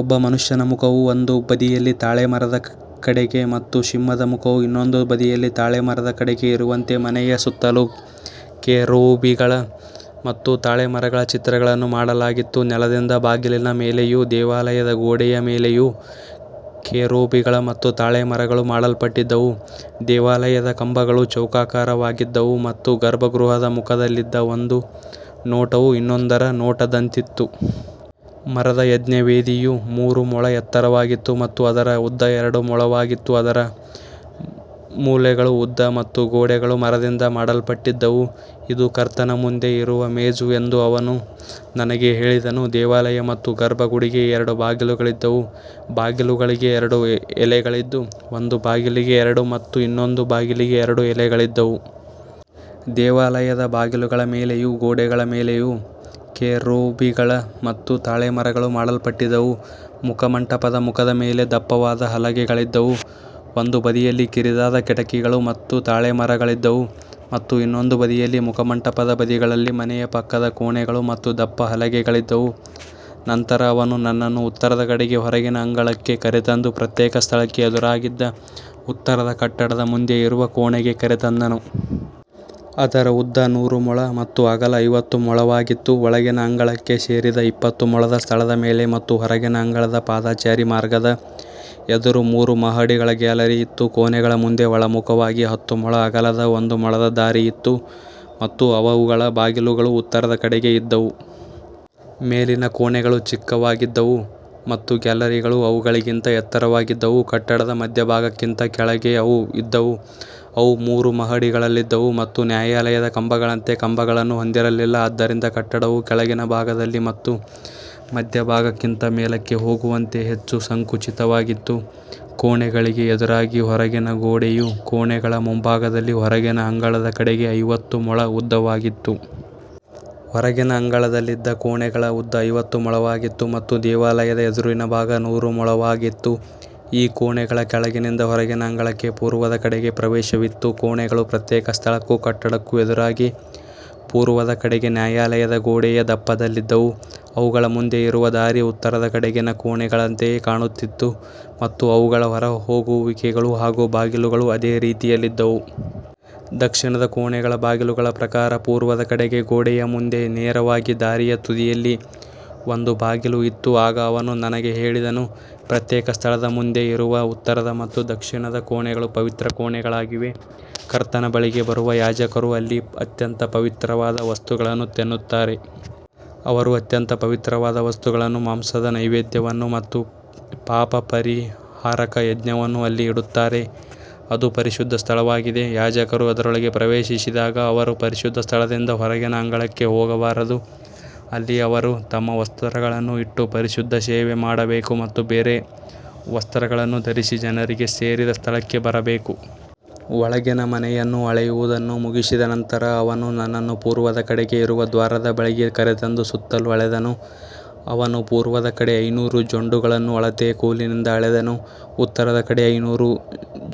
ಒಬ್ಬ ಮನುಷ್ಯನ ಮುಖವು ಒಂದು ಬದಿಯಲ್ಲಿ ತಾಳೆಮರದ ಕಡೆಗೆ ಮತ್ತು ಸಿಂಹದ ಮುಖವು ಇನ್ನೊಂದು ಬದಿಯಲ್ಲಿ ತಾಳೆಮರದ ಕಡೆಗೆ ಇರುವಂತೆ ಮನೆಯ ಸುತ್ತಲೂ ಕೆರೂಬಿಗಳು ಮತ್ತು ತಾಳೆಮರಗಳ ಚಿತ್ರಗಳನ್ನು ಮಾಡಲಾಗಿತ್ತು. ನೆಲದಿಂದ ಬಾಗಿಲಿನ ಮೇಲೆಯೂ ದೇವಾಲಯದ ಗೋಡೆಯ ಮೇಲೆಯೂ ಕೆರೂಬಿಗಳು ಮತ್ತು ತಾಳೆಮರಗಳು ಮಾಡಲ್ಪಟ್ಟಿದ್ದವು. ದೇವಾಲಯದ ಕಂಬಗಳು ಚೌಕಾಕಾರವಾಗಿದ್ದವು ಮತ್ತು ಗರ್ಭಗೃಹದ ಮುಖದಲ್ಲಿದ್ದ ಒಂದು ನೋಟವು ಇನ್ನೊಂದರ ನೋಟದಂತಿತ್ತು. ಮರದ ಯಜ್ಞವೇದಿಯು ಮೂರು ಮೊಳ ಎತ್ತರವಾಗಿತ್ತು ಮತ್ತು ಅದರ ಉದ್ದ ಎರಡು ಮೊಳವಾಗಿತ್ತು. ಅದರ ಮೂಲೆಗಳು, ಉದ್ದ ಮತ್ತು ಗೋಡೆಗಳು ಮರದಿಂದ ಮಾಡಲ್ಪಟ್ಟಿದ್ದವು. ಇದು ಕರ್ತನ ಮುಂದೆ ಇರುವ ಮೇಜು ಎಂದು ಅವನು ನನಗೆ ಹೇಳಿದನು. ದೇವಾಲಯ ಮತ್ತು ಗರ್ಭಗುಡಿಗೆ ಎರಡು ಬಾಗಿಲುಗಳಿದ್ದವು. ಬಾಗಿಲುಗಳಿಗೆ ಎರಡು ಎಲೆಗಳಿದ್ದು, ಒಂದು ಬಾಗಿಲಿಗೆ ಎರಡು ಮತ್ತು ಇನ್ನೊಂದು ಬಾಗಿಲಿಗೆ ಎರಡು ಎಲೆಗಳಿದ್ದವು. ದೇವಾಲಯದ ಬಾಗಿಲುಗಳ ಮೇಲೆಯೂ ಗೋಡೆಗಳ ಮೇಲೆಯೂ ಕೆರೂಬಿಗಳು ಮತ್ತು ತಾಳೆಮರಗಳು ಮಾಡಲ್ಪಟ್ಟಿದ್ದವು. ಮುಖಮಂಟಪದ ಮುಖದ ಮೇಲೆ ದಪ್ಪವಾದ ಹಲಗೆಗಳಿದ್ದವು. ಒಂದು ಬದಿಯಲ್ಲಿ ಕಿರಿದಾದ ಕಿಟಕಿಗಳು ಮತ್ತು ತಾಳೆಮರಗಳಿದ್ದವು ಮತ್ತು ಇನ್ನೊಂದು ಬದಿಯಲ್ಲಿ ಮುಖಮಂಟಪದ ಬದಿಗಳಲ್ಲಿ ಮನೆಯ ಪಕ್ಕದ ಕೋಣೆಗಳು ಮತ್ತು ದಪ್ಪ ಹಲಗೆಗಳಿದ್ದವು. ನಂತರ ಅವನು ನನ್ನನ್ನು ಉತ್ತರದ ಕಡೆಗೆ ಹೊರಗಿನ ಅಂಗಳಕ್ಕೆ ಕರೆತಂದು, ಪ್ರತ್ಯೇಕ ಸ್ಥಳಕ್ಕೆ ಎದುರಾಗಿದ್ದ ಉತ್ತರದ ಕಟ್ಟಡದ ಮುಂದೆ ಇರುವ ಕೋಣೆಗೆ ಕರೆತಂದನು. ಅದರ ಉದ್ದ ನೂರು ಮೊಳ ಮತ್ತು ಅಗಲ ಐವತ್ತು ಮೊಳವಾಗಿತ್ತು. ಒಳಗಿನ ಅಂಗಳಕ್ಕೆ ಸೇರಿದ ಇಪ್ಪತ್ತು ಮೊಳದ ಸ್ಥಳದ ಮೇಲೆ ಮತ್ತು ಹೊರಗಿನ ಅಂಗಳದ ಪಾದಚಾರಿ ಮಾರ್ಗದ ಎದುರು ಮೂರು ಮಹಡಿಗಳ ಗ್ಯಾಲರಿ ಇತ್ತು. ಕೋಣೆಗಳ ಮುಂದೆ ಒಳಮುಖವಾಗಿ ಹತ್ತು ಮೊಳ ಅಗಲದ ಒಂದು ಮೊಳದ ದಾರಿ ಇತ್ತು ಮತ್ತು ಅವುಗಳ ಬಾಗಿಲುಗಳು ಉತ್ತರದ ಕಡೆಗೆ ಇದ್ದವು. ಮೇಲಿನ ಕೋಣೆಗಳು ಚಿಕ್ಕವಾಗಿದ್ದವು ಮತ್ತು ಗ್ಯಾಲರಿಗಳು ಅವುಗಳಿಗಿಂತ ಎತ್ತರವಾಗಿದ್ದವು. ಕಟ್ಟಡದ ಮಧ್ಯಭಾಗಕ್ಕಿಂತ ಕೆಳಗೆ ಅವು ಇದ್ದವು. ಅವು ಮೂರು ಮಹಡಿಗಳಲ್ಲಿದ್ದವು ಮತ್ತು ನ್ಯಾಯಾಲಯದ ಕಂಬಗಳಂತೆ ಕಂಬಗಳನ್ನು ಹೊಂದಿರಲಿಲ್ಲ. ಆದ್ದರಿಂದ ಕಟ್ಟಡವು ಕೆಳಗಿನ ಭಾಗದಲ್ಲಿ ಮತ್ತು ಮಧ್ಯಭಾಗಕ್ಕಿಂತ ಮೇಲಕ್ಕೆ ಹೋಗುವಂತೆ ಹೆಚ್ಚು ಸಂಕುಚಿತವಾಗಿತ್ತು. ಕೋಣೆಗಳಿಗೆ ಎದುರಾಗಿ ಹೊರಗಿನ ಗೋಡೆಯು ಕೋಣೆಗಳ ಮುಂಭಾಗದಲ್ಲಿ ಹೊರಗಿನ ಅಂಗಳದ ಕಡೆಗೆ ಐವತ್ತು ಮೊಳ ಉದ್ದವಾಗಿತ್ತು. ಹೊರಗಿನ ಅಂಗಳದಲ್ಲಿದ್ದ ಕೋಣೆಗಳ ಉದ್ದ ಐವತ್ತು ಮೊಳವಾಗಿತ್ತು ಮತ್ತು ದೇವಾಲಯದ ಎದುರಿನ ಭಾಗ ನೂರು ಮೊಳವಾಗಿತ್ತು. ಈ ಕೋಣೆಗಳ ಕೆಳಗಿನಿಂದ ಹೊರಗಿನ ಅಂಗಳಕ್ಕೆ ಪೂರ್ವದ ಕಡೆಗೆ ಪ್ರವೇಶವಿತ್ತು. ಕೋಣೆಗಳು ಪ್ರತ್ಯೇಕ ಸ್ಥಳಕ್ಕೂ ಕಟ್ಟಡಕ್ಕೂ ಎದುರಾಗಿ ಪೂರ್ವದ ಕಡೆಗೆ ನ್ಯಾಯಾಲಯದ ಗೋಡೆಯ ದಪ್ಪದಲ್ಲಿದ್ದವು. ಅವುಗಳ ಮುಂದೆ ಇರುವ ದಾರಿ ಉತ್ತರದ ಕಡೆಗಿನ ಕೋಣೆಗಳಂತೆಯೇ ಕಾಣುತ್ತಿತ್ತು ಮತ್ತು ಅವುಗಳ ಹೊರಹೋಗುವಿಕೆಗಳು ಹಾಗೂ ಬಾಗಿಲುಗಳು ಅದೇ ರೀತಿಯಲ್ಲಿದ್ದವು. ದಕ್ಷಿಣದ ಕೋಣೆಗಳ ಬಾಗಿಲುಗಳ ಪ್ರಕಾರ ಪೂರ್ವದ ಕಡೆಗೆ ಗೋಡೆಯ ಮುಂದೆ ನೇರವಾಗಿ ದಾರಿಯ ತುದಿಯಲ್ಲಿ ಒಂದು ಬಾಗಿಲು ಇತ್ತು. ಆಗ ಅವನು ನನಗೆ ಹೇಳಿದನು, ಪ್ರತ್ಯೇಕ ಸ್ಥಳದ ಮುಂದೆ ಇರುವ ಉತ್ತರದ ಮತ್ತು ದಕ್ಷಿಣದ ಕೋಣೆಗಳು ಪವಿತ್ರ ಕೋಣೆಗಳಾಗಿವೆ. ಕರ್ತನ ಬಳಿಗೆ ಬರುವ ಯಾಜಕರು ಅಲ್ಲಿ ಅತ್ಯಂತ ಪವಿತ್ರವಾದ ವಸ್ತುಗಳನ್ನು ತಿನ್ನುತ್ತಾರೆ. ಅವರು ಅತ್ಯಂತ ಪವಿತ್ರವಾದ ವಸ್ತುಗಳನ್ನು, ಮಾಂಸದ ನೈವೇದ್ಯವನ್ನು ಮತ್ತು ಪಾಪಪರಿಹಾರಕ ಯಜ್ಞವನ್ನು ಅಲ್ಲಿ ಇಡುತ್ತಾರೆ. ಅದು ಪರಿಶುದ್ಧ ಸ್ಥಳವಾಗಿದೆ. ಯಾಜಕರು ಅದರೊಳಗೆ ಪ್ರವೇಶಿಸಿದಾಗ ಅವರು ಪರಿಶುದ್ಧ ಸ್ಥಳದಿಂದ ಹೊರಗಿನ ಅಂಗಳಕ್ಕೆ ಹೋಗಬಾರದು. ಅಲ್ಲಿ ಅವರು ತಮ್ಮ ವಸ್ತ್ರಗಳನ್ನು ಇಟ್ಟು ಪರಿಶುದ್ಧ ಸೇವೆ ಮಾಡಬೇಕು ಮತ್ತು ಬೇರೆ ವಸ್ತ್ರಗಳನ್ನು ಧರಿಸಿ ಜನರಿಗೆ ಸೇರಿದ ಸ್ಥಳಕ್ಕೆ ಬರಬೇಕು. ಒಳಗಿನ ಮನೆಯನ್ನು ಅಳೆಯುವುದನ್ನು ಮುಗಿಸಿದ ನಂತರ ಅವನು ನನ್ನನ್ನು ಪೂರ್ವದ ಕಡೆಗೆ ಇರುವ ದ್ವಾರದ ಬಳಿಗೆ ಕರೆತಂದು ಸುತ್ತಲೂ ಅಳೆದನು. ಅವನು ಪೂರ್ವದ ಕಡೆ ಐನೂರು ಜೊಂಡುಗಳನ್ನು ಅಳತೆಯ ಕೋಲಿನಿಂದ ಅಳೆದನು. ಉತ್ತರದ ಕಡೆ ಐನೂರು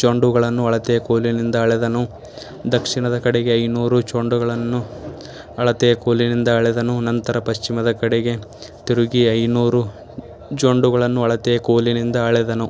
ಜೊಂಡುಗಳನ್ನು ಅಳತೆಯ ಕೋಲಿನಿಂದ ಅಳೆದನು. ದಕ್ಷಿಣದ ಕಡೆ ಐನೂರು ಜೊಂಡುಗಳನ್ನು ಅಳತೆಯ ಕೋಲಿನಿಂದ ಅಳೆದನು. ನಂತರ ಪಶ್ಚಿಮದ ಕಡೆಗೆ ತಿರುಗಿ ಐನೂರು ಜೊಂಡುಗಳನ್ನು ಅಳತೆಯ ಕೋಲಿನಿಂದ ಅಳೆದನು.